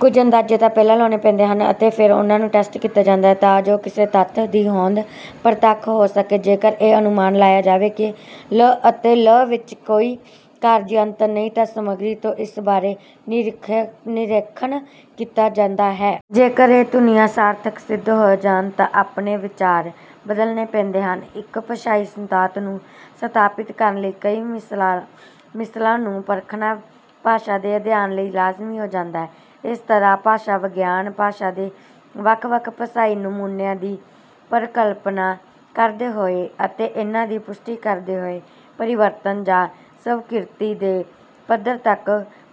ਕੁਝ ਅੰਦਾਜ਼ੇ ਤਾਂ ਪਹਿਲਾਂ ਲਾਉਣੇ ਪੈਂਦੇ ਹਨ ਅਤੇ ਫੇਰ ਉਹਨਾਂ ਨੂੰ ਟੈਸਟ ਕੀਤਾ ਜਾਂਦਾ ਹੈ, ਤਾਂ ਜੋ ਕਿਸੇ ਤੱਥ ਦੀ ਹੋਂਦ ਪ੍ਰਤੱਖ ਹੋ ਸਕੇ। ਜੇਕਰ ਇਹ ਅਨੁਮਾਨ ਲਾਇਆ ਜਾਵੇ ਕਿ 'ਲ' ਅਤੇ 'ਲ਼' ਵਿੱਚ ਕੋਈ ਕਾਰਜੀ ਅੰਤਰ ਨਹੀਂ, ਤਾਂ ਸਮਗਰੀ ਤੋਂ ਇਸ ਬਾਰੇ ਨਿਰੀਖਣ ਕੀਤਾ ਜਾਂਦਾ ਹੈ। ਜੇਕਰ ਇਹ ਧੁਨੀਆਂ ਸਾਰਥਕ ਸਿੱਧ ਹੋ ਜਾਣ, ਤਾਂ ਆਪਣੇ ਵਿਚਾਰ ਬਦਲਣੇ ਪੈਂਦੇ ਹਨ। ਇੱਕ ਭਾਸ਼ਾਈ ਸਿਧਾਂਤ ਨੂੰ ਸਥਾਪਿਤ ਕਰਨ ਲਈ ਕਈ ਮਿਸਾਲਾਂ ਨੂੰ ਪਰਖਣਾ ਭਾਸ਼ਾ ਦੇ ਅਧਿਐਨ ਲਈ ਲਾਜ਼ਮੀ ਹੋ ਜਾਂਦਾ ਹੈ। ਇਸ ਤਰ੍ਹਾਂ ਭਾਸ਼ਾ-ਵਿਗਿਆਨ, ਭਾਸ਼ਾ ਦੇ ਵੱਖ-ਵੱਖ ਭਾਸ਼ਾਈ ਨਮੂਨਿਆਂ ਦੀ ਪਰਿਕਲਪਨਾ ਕਰਦੇ ਹੋਏ ਅਤੇ ਇਹਨਾਂ ਦੀ ਪੁਸ਼ਟੀ ਕਰਦੇ ਹੋਏ, ਪਰਿਵਰਤਨ ਜਾਂ ਸਵੀਕ੍ਰਿਤੀ ਦੇ ਪੱਧਰ ਤੱਕ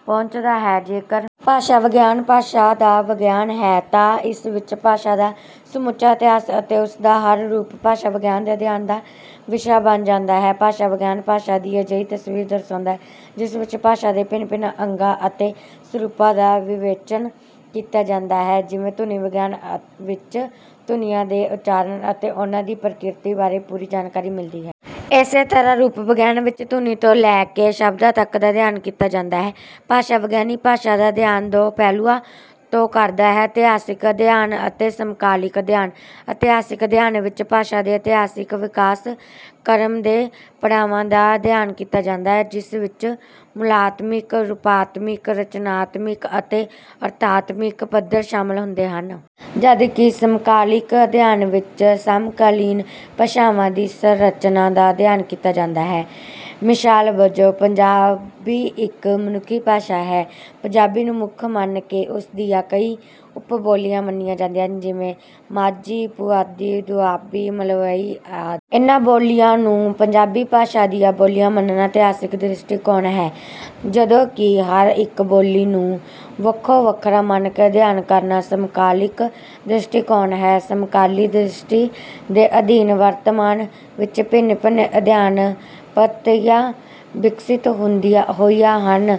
ਪਹੁੰਚਦਾ ਹੈ। ਜੇਕਰ ਭਾਸ਼ਾ-ਵਿਗਿਆਨ ਭਾਸ਼ਾ ਦਾ ਵਿਗਿਆਨ ਹੈ, ਤਾਂ ਇਸ ਵਿੱਚ ਭਾਸ਼ਾ ਦਾ ਸਮੁੱਚਾ ਇਤਿਹਾਸ ਅਤੇ ਉਸ ਦਾ ਹਰ ਰੂਪ ਭਾਸ਼ਾ-ਵਿਗਿਆਨ ਦੇ ਅਧਿਐਨ ਦਾ ਵਿਸ਼ਾ ਬਣ ਜਾਂਦਾ ਹੈ। ਭਾਸ਼ਾ-ਵਿਗਿਆਨ, ਭਾਸ਼ਾ ਦੀ ਅਜਿਹੀ ਤਸਵੀਰ ਦਰਸਾਉਂਦਾ ਹੈ ਜਿਸ ਵਿੱਚ ਭਾਸ਼ਾ ਦੇ ਭਿੰਨ-ਭਿੰਨ ਅੰਗਾਂ ਅਤੇ ਸਰੂਪਾਂ ਦਾ ਵਿਵੇਚਨ ਕੀਤਾ ਜਾਂਦਾ ਹੈ; ਜਿਵੇਂ ਧੁਨੀ-ਵਿਗਿਆਨ ਵਿੱਚ ਧੁਨੀਆਂ ਦੇ ਉਚਾਰਨ ਅਤੇ ਉਹਨਾਂ ਦੀ ਪ੍ਰਕਿਰਤੀ ਬਾਰੇ ਪੂਰੀ ਜਾਣਕਾਰੀ ਮਿਲਦੀ ਹੈ। ਇਸੇ ਤਰ੍ਹਾਂ ਰੂਪ-ਵਿਗਿਆਨ ਵਿੱਚ ਧੁਨੀ ਤੋਂ ਲੈ ਕੇ ਸ਼ਬਦਾਂ ਤੱਕ ਦਾ ਅਧਿਐਨ ਕੀਤਾ ਜਾਂਦਾ ਹੈ। ਭਾਸ਼ਾ-ਵਿਗਿਆਨੀ ਭਾਸ਼ਾ ਦਾ ਅਧਿਐਨ ਦੋ ਪਹਿਲੂਆਂ ਤੋਂ ਕਰਦਾ ਹੈ: ਇਤਿਹਾਸਿਕ ਅਧਿਐਨ ਅਤੇ ਸਮਕਾਲਿਕ ਅਧਿਐਨ। ਇਤਿਹਾਸਿਕ ਅਧਿਐਨ ਵਿੱਚ ਭਾਸ਼ਾ ਦੇ ਇਤਿਹਾਸਿਕ ਵਿਕਾਸ ਕ੍ਰਮ ਦੇ ਪੜਾਵਾਂ ਦਾ ਅਧਿਐਨ ਕੀਤਾ ਜਾਂਦਾ ਹੈ, ਜਿਸ ਵਿੱਚ ਮੂਲਾਤਮਿਕ, ਰੂਪਾਤਮਿਕ, ਰਚਨਾਤਮਿਕ ਅਤੇ ਅਰਥਾਤਮਿਕ ਪੱਧਰ ਸ਼ਾਮਲ ਹੁੰਦੇ ਹਨ। ਜਦਕਿ ਸਮਕਾਲਿਕ ਅਧਿਐਨ ਵਿੱਚ ਸਮਕਾਲੀਨ ਭਾਸ਼ਾਵਾਂ ਦੀ ਸੰਰਚਨਾ ਦਾ ਅਧਿਐਨ ਕੀਤਾ ਜਾਂਦਾ ਹੈ। ਮਿਸਾਲ ਵਜੋਂ, ਪੰਜਾਬੀ ਇੱਕ ਮਨੁੱਖੀ ਭਾਸ਼ਾ ਹੈ। ਪੰਜਾਬੀ ਨੂੰ ਮੁੱਖ ਮੰਨ ਕੇ ਉਸ ਦੀਆਂ ਕਈ ਉਪ-ਬੋਲੀਆਂ ਮੰਨੀਆਂ ਜਾਂਦੀਆਂ ਹਨ; ਜਿਵੇਂ—ਮਾਝੀ, ਪੁਆਧੀ, ਦੁਆਬੀ, ਮਲਵਈ ਆਦਿ। ਇਹਨਾਂ ਬੋਲੀਆਂ ਨੂੰ ਪੰਜਾਬੀ ਭਾਸ਼ਾ ਦੀਆਂ ਬੋਲੀਆਂ ਮੰਨਣਾ ਇਤਿਹਾਸਿਕ ਦ੍ਰਿਸ਼ਟੀਕੋਣ ਹੈ, ਜਦੋਂ ਕਿ ਹਰ ਇੱਕ ਬੋਲੀ ਨੂੰ ਵੱਖੋ-ਵੱਖਰਾ ਮੰਨ ਕੇ ਅਧਿਐਨ ਕਰਨਾ ਸਮਕਾਲਿਕ ਦ੍ਰਿਸ਼ਟੀਕੋਣ ਹੈ। ਸਮਕਾਲੀ ਦ੍ਰਿਸ਼ਟੀ ਦੇ ਅਧੀਨ ਵਰਤਮਾਨ ਵਿੱਚ ਭਿੰਨ-ਭਿੰਨ ਅਧਿਐਨ-ਪੱਧਤੀਆਂ ਵਿਕਸਿਤ ਹੋਈਆਂ ਹਨ: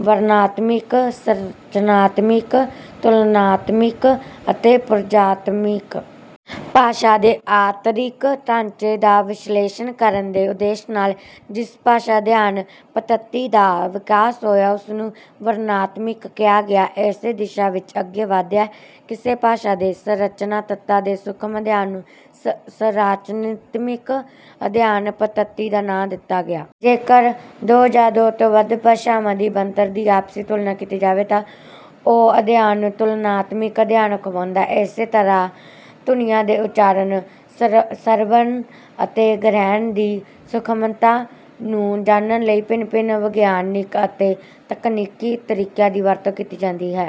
ਵਰਣਨਾਤਮਿਕ, ਸੰਰਚਨਾਤਮਿਕ, ਤੁਲਨਾਤਮਿਕ ਅਤੇ ਪ੍ਰਯੋਗਾਤਮਿਕ। ਭਾਸ਼ਾ ਦੇ ਆਂਤਰਿਕ ਢਾਂਚੇ ਦਾ ਵਿਸ਼ਲੇਸ਼ਣ ਕਰਨ ਦੇ ਉਦੇਸ਼ ਨਾਲ ਜਿਸ ਭਾਸ਼ਾ-ਅਧਿਐਨ ਪੱਧਤੀ ਦਾ ਵਿਕਾਸ ਹੋਇਆ, ਉਸ ਨੂੰ 'ਵਰਣਨਾਤਮਿਕ' ਕਿਹਾ ਗਿਆ। ਇਸੇ ਦਿਸ਼ਾ ਵਿੱਚ ਅੱਗੇ ਵਧਦਿਆਂ ਕਿਸੇ ਭਾਸ਼ਾ ਦੇ ਸੰਰਚਨਾ-ਤੱਤਾਂ ਦੇ ਸੂਖ਼ਮ ਅਧਿਐਨ ਨੂੰ 'ਸੰਰਚਨਾਤਮਿਕ ਅਧਿਐਨ ਪੱਧਤੀ' ਦਾ ਨਾਂ ਦਿੱਤਾ ਗਿਆ। ਜੇਕਰ ਦੋ ਜਾਂ ਦੋ ਤੋਂ ਵੱਧ ਭਾਸ਼ਾਵਾਂ ਦੀ ਬਣਤਰ ਦੀ ਆਪਸੀ ਤੁਲਨਾ ਕੀਤੀ ਜਾਵੇ, ਤਾਂ ਉਹ ਅਧਿਐਨ 'ਤੁਲਨਾਤਮਿਕ ਅਧਿਐਨ' ਅਖਵਾਉਂਦਾ ਹੈ। ਇਸੇ ਤਰ੍ਹਾਂ ਧੁਨੀਆਂ ਦੇ ਉਚਾਰਨ, ਸ਼੍ਰਵਣ ਅਤੇ ਗ੍ਰਹਿਣ ਦੀ ਸੂਖ਼ਮਤਾ ਨੂੰ ਜਾਣਨ ਲਈ ਭਿੰਨ-ਭਿੰਨ ਵਿਗਿਆਨਿਕ ਅਤੇ ਤਕਨੀਕੀ ਤਰੀਕਿਆਂ ਦੀ ਵਰਤੋਂ ਕੀਤੀ ਜਾਂਦੀ ਹੈ।